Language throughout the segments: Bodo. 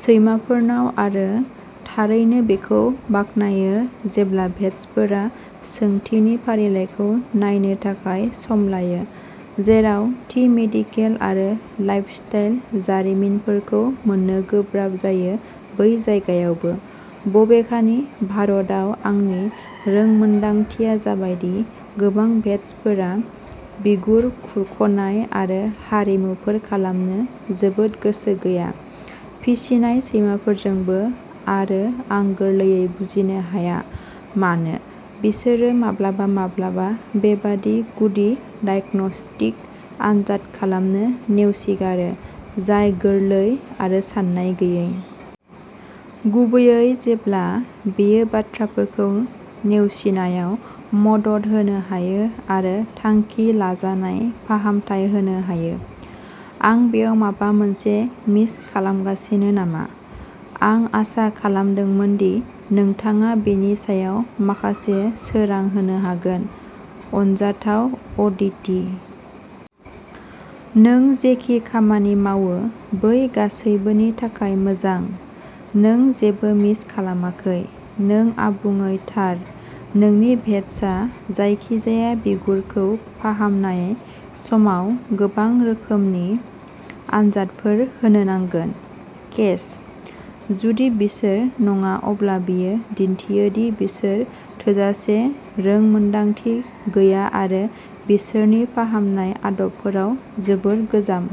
सैमाफोरनाव आरो थारैनो बेखौ बाखनायो जेब्ला भेट्सफोरा सोंथिनि फारिलाइखौ नायनो थाखाय सम लायो। जेराव थि मेडिकेल आरो लाइफस्टाइल जारिमिनफोरखौ मोननो गोब्राब जायो बै जायगायावबो। बबेखानि, भारताव आंनि रोंमोनदांथिया जाबायदि गोबां भेट्सफोरा बिगुर खुरख'नाय आरो हारिमुफोर खालामनो जोबोद गोसो गैया फिसिनाय सैमाफोरजोंबो आरो आं गोरलैयै बुजिनो हाया मानो बिसोरो माब्लाबा माब्लाबा बेबादि गुदि डायग्नोस्टिक आनजाद खालामनो नेवसिगारो जाय गोरलै आरो सानाय गैयै। गुबैयै जेब्ला बेयो बाथ्राफोरखौ नेवसिनायाव मदद होनो हायो आरो थांखि लाजानाय फाहामथाय होनो हायो। आं बेयाव माबा मोनसे मिस खालामगासिनो नामा? आं आसा खालामदोंमोनदि नोंथाङा बेनि सायाव माखासे सोरां होनो हागोन। अनजाथाव अदिति। नों जेखि खामानि मावो बै गासैबोनि थाखाय मोजां। नों जेबो मिस खालामाखै। नों आबुङै थार नोंनि भेट्सआ जायखिजाया बिगुरखौ फाहामनाय समाव गोबां रोखोमनि आनजादफोर होनो नांगौ। केस। जुदि बिसोर नङा अब्ला बेयो दिन्थियोदि बिसोर थोजासे रोंमोनदांथि गैया आरो बिसोरनि फाहामनाय आदबफोराव जोबोद गोजाम।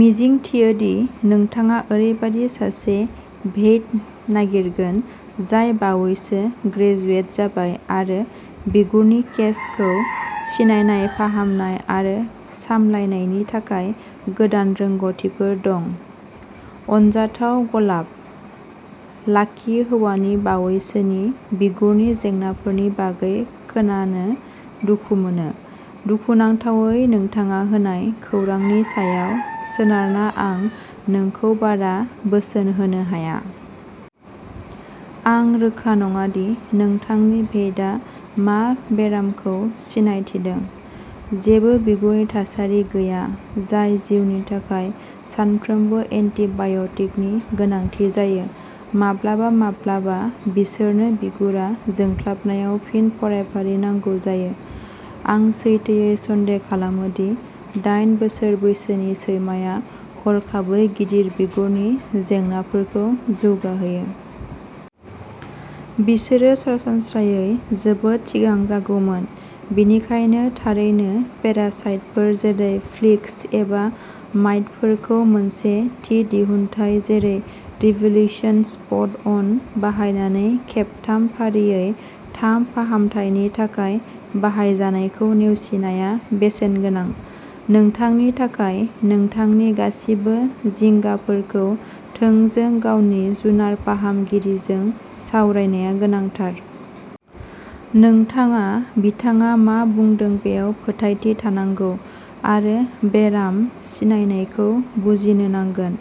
मिजिंथियोदि नोंथाङा ओरैबायदि सासे भेइट नागिरगोन जाय बावैसो ग्रेजुवेट जाबाय आरो बिगुरनि केसखौ सिनायनाय फाहामनाय आरो सामलायनायनि थाखाय गोदान रोंग'थिफोर दं। अनजाथाव गलाब। लाकि हौवानि बावैसोनि बिगुरनि जेंनाफोरनि बागै खोनानो दुखु मोनो। दुखुनांथावै नोंथाङा होनाय खौरांनि सायाव सोनारना आं नोंखौ बारा बोसोन होनो हाया। आं रोखा नङादि नोंथांनि भेइटआ मा बेरामखौ सिनायथिदों। जेबो बिगुरनि थासारि गैया जाय जिउनि थाखाय सानफ्रोमबो एन्टिबाय'टिकनि गोनांथि जायो। माब्लाबा माब्लाबा बिसोरनो बिगुरा जोंख्लाबनायाव फिन फरायफारि नांगौ जायो। आं सैथोयै सन्देह खालामोदि दाइन बोसोर बैसोनि सैमाया हरखाबै गिदिर बिगुरनि जेंनाफोरखौ जौगाहोयो। बिसोरो सरासनस्रायै जोबोद सिगां जागौमोन। बेनिखायनो थारैनो पेरासाइटफोर जेरै फ्लिस एबा माइटफोरखौ मोनसे थि दिहुनथाय जेरै रिभ'ल्युसन स्पट अन बाहायनानै खेबथाम फारियै थाम फाहामथायनि थाखाय बाहायजानायखौ नेवसिनाया बेसेनगोनां। नोंथांनि थाखाय नोंथांनि गासिबो जिंगाफोरखौ थोंजों गावनि जुनार फाहामगिरिजों सावरायनाया गोनांथार। नोंथाङा बिथाङा मा बुंदों बेयाव फोथायथि थानांगौ आरो बेराम सिनायनायखौ बुजिनो नांगोन।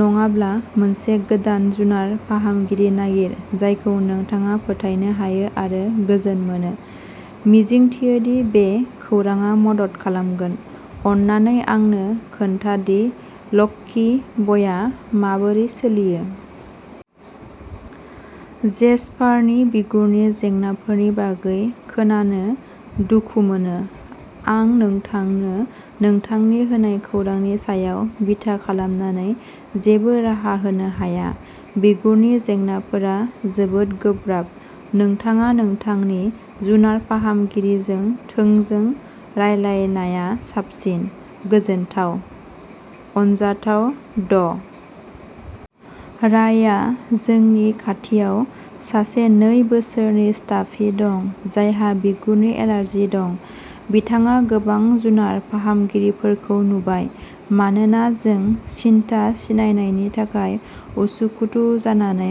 नङाब्ला मोनसे गोदान जुनार फाहामगिरि नागिर जायखौ नोंथाङा फोथायनो हायो आरो गोजोन मोनो। मिजिंथियोदि बे खौरांआ मदद खालामगोन। अन्नानै आंनो खोन्थादि लक्की बयआ माबोरै सोलियो। जेसपारनि बिगुरनि जेंनाफोरनि बागै खोनानो दुखु मोनो। आं नोंथांनो नोंथांनि होनाय खौरांनि सायाव बिथा खालामनानै जेबो राहा होनो हाया। बिगुरनि जेंनाफोरा जोबोद गोब्राब। नोंथाङा नोंथांनि जुनार फाहामगिरिजों थोंजों रायलायनाया साबसिन। गोजोनथाव। अनजाथाव ड. राय्या जोंनि खाथियाव सासे नै बोसोरनि स्टाफि दं जायहा बिगुरनि एलार्जि दं। बिथाङा गोबां जुनार फाहामगिरिफोरखौ नुबाय मानोना जों सिनथा सिननायनि थाखाय उसुखुथु जानानै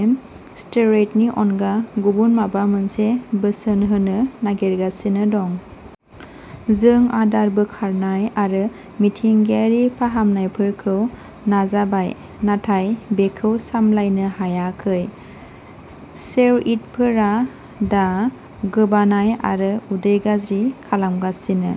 स्टेरइडनि अनगा गुबुन माबा मोनसे बोसोन होनो नागिरगासिनो दं। जों आदार बोखारनाय आरो मिथिंगायारि फाहामनायफोरखौ नाजाबाय नाथाय बेखौ सामलायनो हायाखै। सेरइदफोरा दा गोबानाय आरो उदै गाज्रि खालामगासिनो।